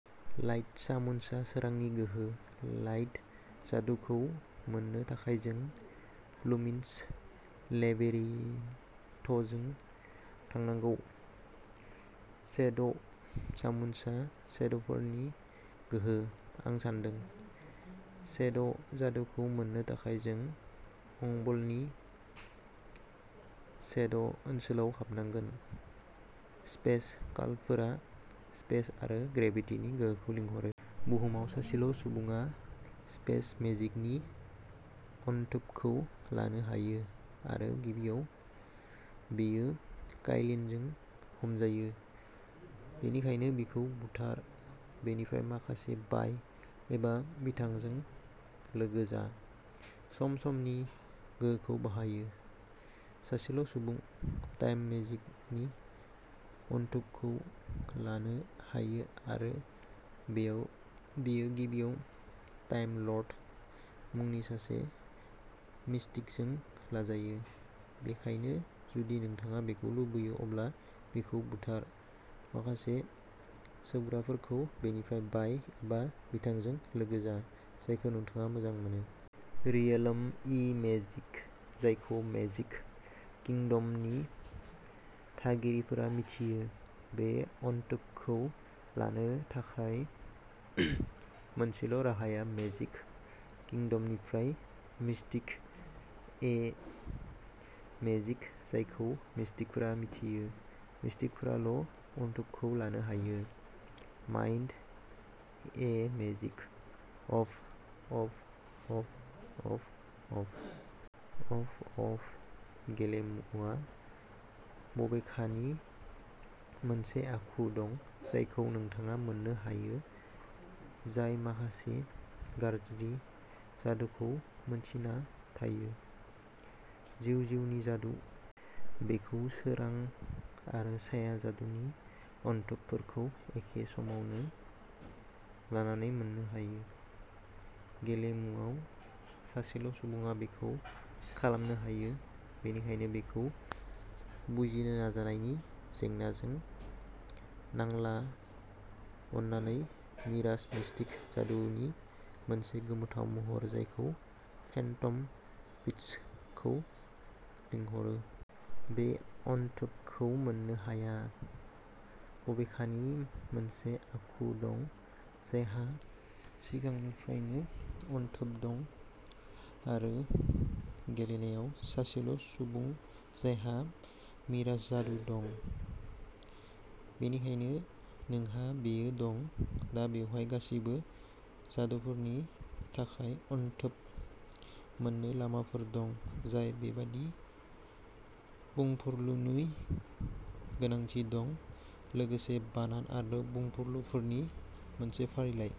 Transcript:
Light सामुनसआ सोरांनि गोहो। लाइट जादुखौ मोन्नो थाखाय नों लुमिनस लेबिरिनथजों थांनांगौ। शेडो सामुनसआ शेडोफोरनि गोहो, आं सान्दों। शेडो जादुखौ मोन्नो थाखाय नों अंबलनि शेडो ओनसोलाव हाबनांगोन। स्पेस-कालफोरा स्पेस आरो ग्रेभिटिनि गोहोखौ लिंहरो। बुहुमाव सासेल'सुबुङा स्पेस मेजिकनि अनथोबखौ लानो हायो आरो गिबियाव, बेयो काइलिनजों हमजायो, बेनिखायनो बिखौ बुथार, बेनिफ्राय माखासे बाय, एबा बिथांजों लोगो जा। सम-समनि गोहोखौ बाहायो। सासेल' सुबुं। टाइम मेजिकनि अनथोबखौ लानो हायो आरो बेयो गिबियाव टाइम लर्ड मुंनि सासे मिस्टिकजों लाजायो, बेनिखायनो जुदि नोंथाङा बेखौ लुबैयो अब्ला बिखौ बुथार, माखासे सोबग्राफोरखौ बेनिफ्राय बाय, एबा बिथांजों लोगो जा, जायखौ नोंथाङा मोजां मोनो। रियेल्म ए मेजिक जायखौ मेजिक किंडमनि थागिरिफोरा मिथियो। बे अनथोबखौ लानो थाखाय मोनसेल' राहाया मेजिक किंडमनिफ्राय मिस्टिक-ए मेजिक जायखौ मिस्टिकफोरा मिथियो। मिस्टिकफोराल' अनथोबखौ लानो हायो। माइन्ड-ए magic... of... of... of... of... of... of... of... of... of... of... of... of... of... of... of... of... of... of... of... of... of... of. गेलेमुआ, बबेखानि मोनसे आखु दं जायखौ नोंथाङा मोन्नो हायो जाय माखासे गाज्रि जादुखौ मिन्थिना थायो। जिउ जिउनि जादु। बेखौ सोरां आरो साया जादुनि अनथोबफोरखौ एखे समावनो लानानै मोननो हायो। गेलेमुआव सासेल' सुबुङा बेखौ खालामनो हायो, बेनिखायनो बेखौ बुजिनो नाजानायनि जेंनाजों नांला अन्नानै मिराज-मिस्टिक जादुनि मोनसे गोमोथाव महर जायखौ फेन्टम बिस्ट्सखौ लिंहरो। बे अनथोबखौ मोननो हाया, बबेखानि मोनसे आखु दं जायहा सिगांनिफ्रायनो अनथोब दं आरो गेलेनायाव सासेल' सुबुं जायहा मिराज जादु दं। बेनिखायनो नोंहा बेयो दं। दा बेवहाय गासैबो जादुफोरनि थाखाय "अनथोब" मोन्नो लामाफोर दं जाय बेबादि बुंफुरलुनि गोनांथि दं, लोगोसे बानान आरो बुंफुरलुफोरनि मोनसे फारिलाइ।